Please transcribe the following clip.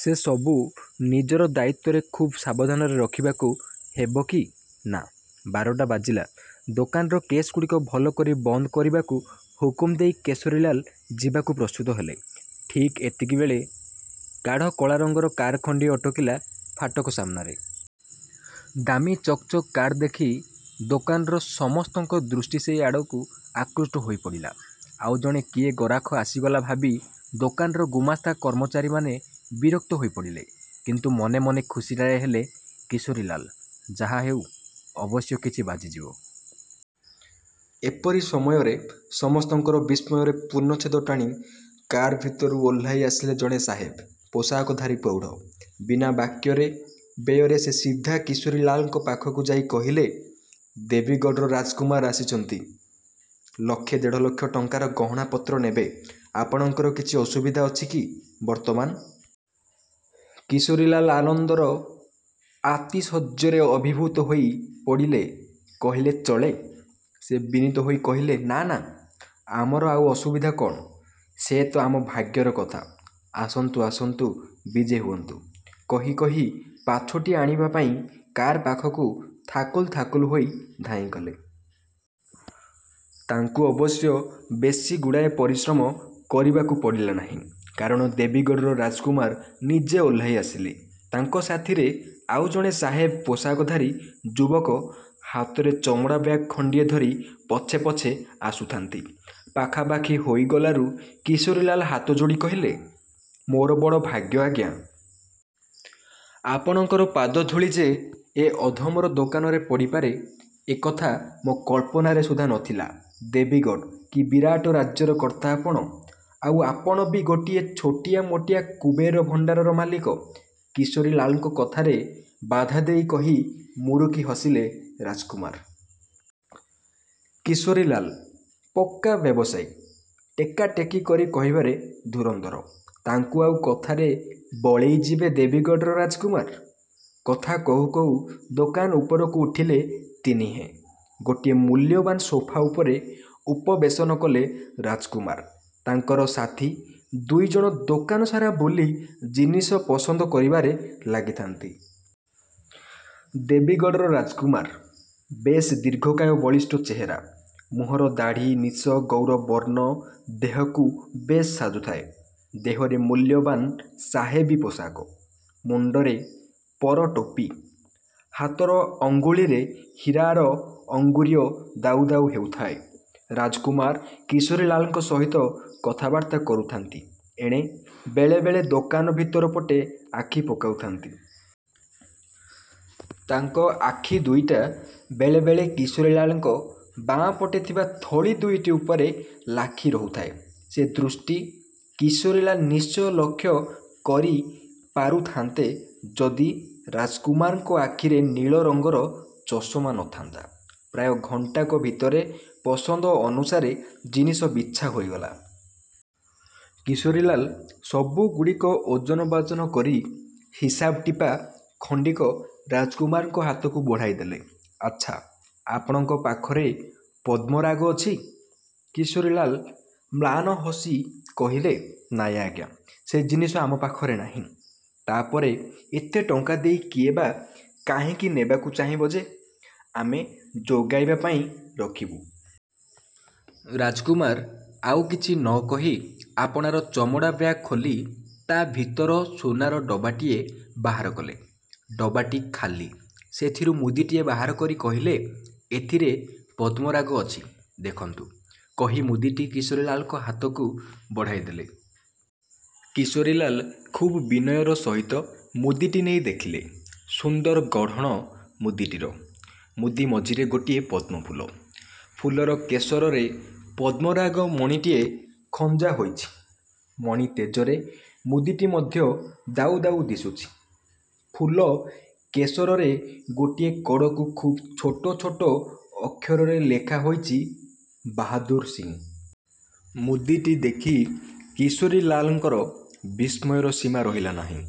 ସେ ସବୁ ନିଜର ଦାୟିତ୍ୱରେ ଖୁବ୍ ସାବଧାନରେ ରଖିବାକୁ ହେବ କି ନା! ବାରଟା ବାଜିଲା। ଦୋକାନର କେଶ୍ ଗୁଡ଼ିକ ଭଲ କରି ବନ୍ଦ କରିବାକୁ ହୁକୁମ ଦେଇ କିଶୋରୀଲାଲ ଯିବାକୁ ପ୍ରସ୍ତତ ହେଲେ। ଠିକ୍ ଏତିକିବେଳେ ଗାଢ଼ କଳାରଙ୍ଗର କାର୍ ଖଣ୍ଡିଏ ଅଟକିଲା ଫାଟକ ସାମ୍ନାରେ। ଦାମୀ ଚକ୍ ଚକ୍ କାର୍ ଦେଖି ଦୋକାନର ସମସ୍ତଙ୍କ ଦୃଷ୍ଟି ସେଇ ଆଡ଼କୁ ଆକୃଷ୍ଟ ହୋଇ ପଡ଼ିଲା। ଆଉ ଜଣେ କିଏ ଗରାଖ ଆସିଗଲେ ଭାବି ଦୋକାନର ଗୁମାସ୍ତା କର୍ମଚାରୀମାନେ ବିରକ୍ତ ହୋଇ ପଡ଼ିଲେ। କିନ୍ତୁ ମନେ ମନେ ଖୁସିଟାଏ ହେଲେ କିଶୋରୀଲାଲ। ଯାହା ହେଉ ଅବଶ୍ୟ କିଛି ବାଜିଯିବ। ଏପରି ସମୟରେ ସମସ୍ତଙ୍କର ବିସ୍ମୟରେ ପୂର୍ଣ୍ଣଚ୍ଛେଦ ଟାଣି କାର୍ ଭିତରୁ ଓହ୍ଲାଇ ଆସିଲେ ଜଣେ ସାହେବ ପୋଷାକଧାରୀ ପ୍ରୌଢ଼। ବିନା ବାକ୍ୟ ବ୍ୟୟରେ ସେ ସିଧା କିଶୋରୀଲାଲଙ୍କ ପାଖକୁ ଯାଇ କହିଲେ-''ଦେବୀଗଡ଼ର ରାଜକୁମାର ଆସିଛନ୍ତି। ଲକ୍ଷେ ଦେଢ଼ ଲକ୍ଷ ଟଙ୍କାର ଗହଣା ପତ୍ର ନେବେ। ଆପଣଙ୍କର କିଛି ଅସୁବିଧା ଅଛି କି ବର୍ତ୍ତମାନ? '' କିଶୋରୀଲାଲ ଆନନ୍ଦର ଆତିଶଯ୍ୟାରେ ଅଭିଭୂତ ହୋଇ ପଡ଼ିଲେ କହିଲେ ଚଳେ। ସେ ବିନୀତ ହୋଇ କହିଲେ-''ନା ନା, ଆମର ଆଉ ଅସୁବିଧା କ'ଣ? ସେ ତ ଆମ ଭାଗ୍ୟର କଥା। '' ''ଆସନ୍ତୁ, ଆସନ୍ତୁ, ବିଜେ ହେଉନ୍ତୁ''-କହି କହି ପାଛୋଟି ଆଣିବା ପାଇଁ କାର୍ ପାଖକୁ ଥାକୁଲୁ ଥାକୁଲୁ ହୋଇ ଧାଇଁଗଲେ। ତାଙ୍କୁ ଅବଶ୍ୟ ବେଶୀ ଗୁଡ଼ାଏ ପରିଶ୍ରମ କରିବାକୁ ପଡ଼ିଲା ନାହିଁ। କାରଣ ଦେବୀଗଡ଼ର ରାଜକୁମାର ନିଜେ ଓହ୍ଲାଇ ଆସିଲେ। ତାଙ୍କ ସାଥିରେ ଆଉ ଜଣେ ସାହେବ ପୋଷାକଧାରୀ ଯୁବକ ହାତରେ ଚମଡ଼ା ବ୍ୟାଗ୍ ଖଣ୍ଡିଏ ଧରି ପଛେ ପଛେ ଆସୁଥାନ୍ତି। ପାଖାପାଖି ହୋଇଗଲାରୁ କିଶୋରୀଲାଲ ହାତଯୋଡ଼ି କହିଲେ-''ମୋର ବଡ଼ ଭାଗ୍ୟ ଆଜ୍ଞା! ଆପଣଙ୍କର ପାଦଧୂଳି ଯେ ଏ ଅଧମର ଦୋକାନରେ ପଡ଼ିପାରେ, ଏକଥା ମୋ କଳ୍ପନାରେ ସୁଦ୍ଧା ନ ଥିଲା। ଦେବୀଗଡ଼! କି ବିରାଟରାଜ୍ୟର କର୍ତ୍ତା ଆପଣ। '' ''ଆଉ ଆପଣ ବି ଗୋଟିଏ ଛୋଟିଆ ମୋଟିଆ କୁବେର ଭଣ୍ଡାରର ମାଲିକ'' କିଶୋରୀଲାଲଙ୍କ କଥାରେ ବାଧାଦେଇ କହି ମୁରୁକି ହସିଲେ ରାଜକୁମାର। କିଶୋରୀଲାଲ ପକ୍କା ବ୍ୟବସାୟୀ। ଟେକା ଟେକି କରି କହିବାରେ ଧୂରନ୍ଧର। ତାଙ୍କୁ ଆଉ କଥାରେ ବଳେଇଯିବେ ଦେବୀଗଡ଼ର ରାଜକୁମାର? କଥା କହୁ କହୁ ଦୋକାନ ଉପରକୁ ଉଠିଲେ ତିନିହେଁ। ଗୋଟିଏ ମୂଲ୍ୟବାନ ସୋଫା ଉପରେ ଉପବେଶନ କଲେ ରାଜକୁମାର। ତାଙ୍କର ସାଥି ଦୁଇଜଣ ଦୋକାନ ସାରା ବୁଲି ଜିନିଷ ପସନ୍ଦ କରିବାରେ ଲାଗିଥାନ୍ତି। ଦେବୀଗଡ଼ର ରାଜକୁମାର। ବେଶ୍ ଦୀର୍ଘକାୟ ବଳିଷ୍ଠ ଚେହେରା। ମୁହଁର ଦାଢ଼ି ନିଶ ଗୌରବର୍ଣ୍ଣ ଦେହକୁ ବେଶ୍ ସାଜୁଥାଏ। ଦେହରେ ମୂଲ୍ୟବାନ ସାହେବୀ ପୋଷାକ। ମୁଣ୍ଡରେ ପର ଟୋପି।। ହାତର ଅଙ୍ଗୁଳିରେ ହୀରାର ଅଙ୍ଗୁରୀୟ ଦାଉ ଦାଉ ହେଉଥାଏ। ରାଜକୁମାର କିଶୋରୀଲାଲଙ୍କ ସହିତ କଥାବାର୍ତ୍ତା କରୁଥାନ୍ତି। ଏଣେ ବେଳେ ବେଳେ ଦୋକାନ ଭିତରପଟେ ଆଖି ପକାଉଥାନ୍ତି। ତାଙ୍କ ଆଖି ଦୁଇଟା ବେଳେ ବେଳେ କିଶୋରୀଲାଲଙ୍କ ବାଁ ପଟେ ଥିବା ଥଳି ଦୁଇଟି ଉପରେ ଲାଖି ରହୁଥାଏ। ସେ ଦୃଷ୍ଟି କିଶୋରୀଲାଲ ନିଶ୍ଚୟ ଲକ୍ଷ୍ୟ କରି ପାରୁଥାନ୍ତେ, ଯଦି ରାଜକୁମାରଙ୍କ ଆଖିରେ ନୀଳରଙ୍ଗର ଚଷମା ନ ଥାନ୍ତା। ପ୍ରାୟ ଘଣ୍ଟାକ ଭିତରେ ପସନ୍ଦ ଅନୁସାରେ ଜିନିଷ ବିଛା ହୋଇଗଲା। କିଶୋରୀଲାଲ ସବୁ ଗୁଡ଼ିକ ଓଜନ ବାଜନ କରି ହିସାବ ଟିପା ଖଣ୍ଡିକ ରାଜକୁମାରଙ୍କ ହାତକୁ ବଢ଼ାଇ ଦେଲେ। ଆଚ୍ଛା, ଆପଣଙ୍କ ପାଖରେ ପଦ୍ମରାଗ ଅଛି? '' କିଶୋରୀଲାଲ ମ୍ଳାନ ହସି କହିଲେ-''ନାଇଁ ଆଜ୍ଞା! ସେ ଜିନିଷ ଆମ ପାଖରେ ନାହିଁ-। ତା'ପରେ ଏତେ ଟଙ୍କା ଦେଇ କିଏ ବା କାହିଁକି ନେବାକୁ ଚାହିଁବ ଯେ, ଆମେ ଯୋଗାଇବା ପାଇଁ ରଖିବୁ। '' ରାଜକୁମାର ଆଉ କିଛି ନ କହି ଆପଣାର ଚମଡ଼ା ବ୍ୟାଗ୍ ଖୋଲି ତା' ଭିତର ସୁନାର ଡବାଟିଏ ବାହାର କଲେ। ଡବାଟି ଖୋଲି ସେଥିରୁ ମୁଦିଟିଏ ବାହାର କରି କହିଲେ-''ଏଥିରେ ପଦ୍ମରାଗ ଅଛି ଦେଖନ୍ତୁ। '' କହି ମୁଦିଟି କିଶୋରୀଲାଲଙ୍କ ହାତକୁ ବଢ଼ାଇ ଦେଲେ। କିଶୋରୀଲାଲ ଖୁବ୍ ବିନୟର ସହିତ ମୁଦିଟି ନେଇ ଦେଖିଲେ। ସୁନ୍ଦର ଗଢ଼ଣ ମୁଦିଟିର। ମୁଦି ମଝିରେ ଗୋଟିଏ ପଦ୍ମଫୁଲ। ଫୁଲର କେଶରରେ ପଦ୍ମରାଗ ମଣିଟିଏ ଖଞ୍ଜା ହୋଇଛି। ମଣି ତେଜରେ ମୁଦିଟି ମଧ୍ୟ ଦାଉ ଦାଉ ଦିଶୁଛି। ଫୁଲ କେଶରରେ ଗୋଟିଏ କଡ଼କୁ ଖୁବ୍ ଛୋଟ ଛୋଟ ଅକ୍ଷରରେ ଲେଖା ହୋଇଛି-''ବାହାଦୂର ସିଂ। '' ମୁଦିଟି ଦେଖି କିଶୋରୀଲାଲଙ୍କର ବିସ୍ମୟର ସୀମା ରହିଲା ନାହିଁ।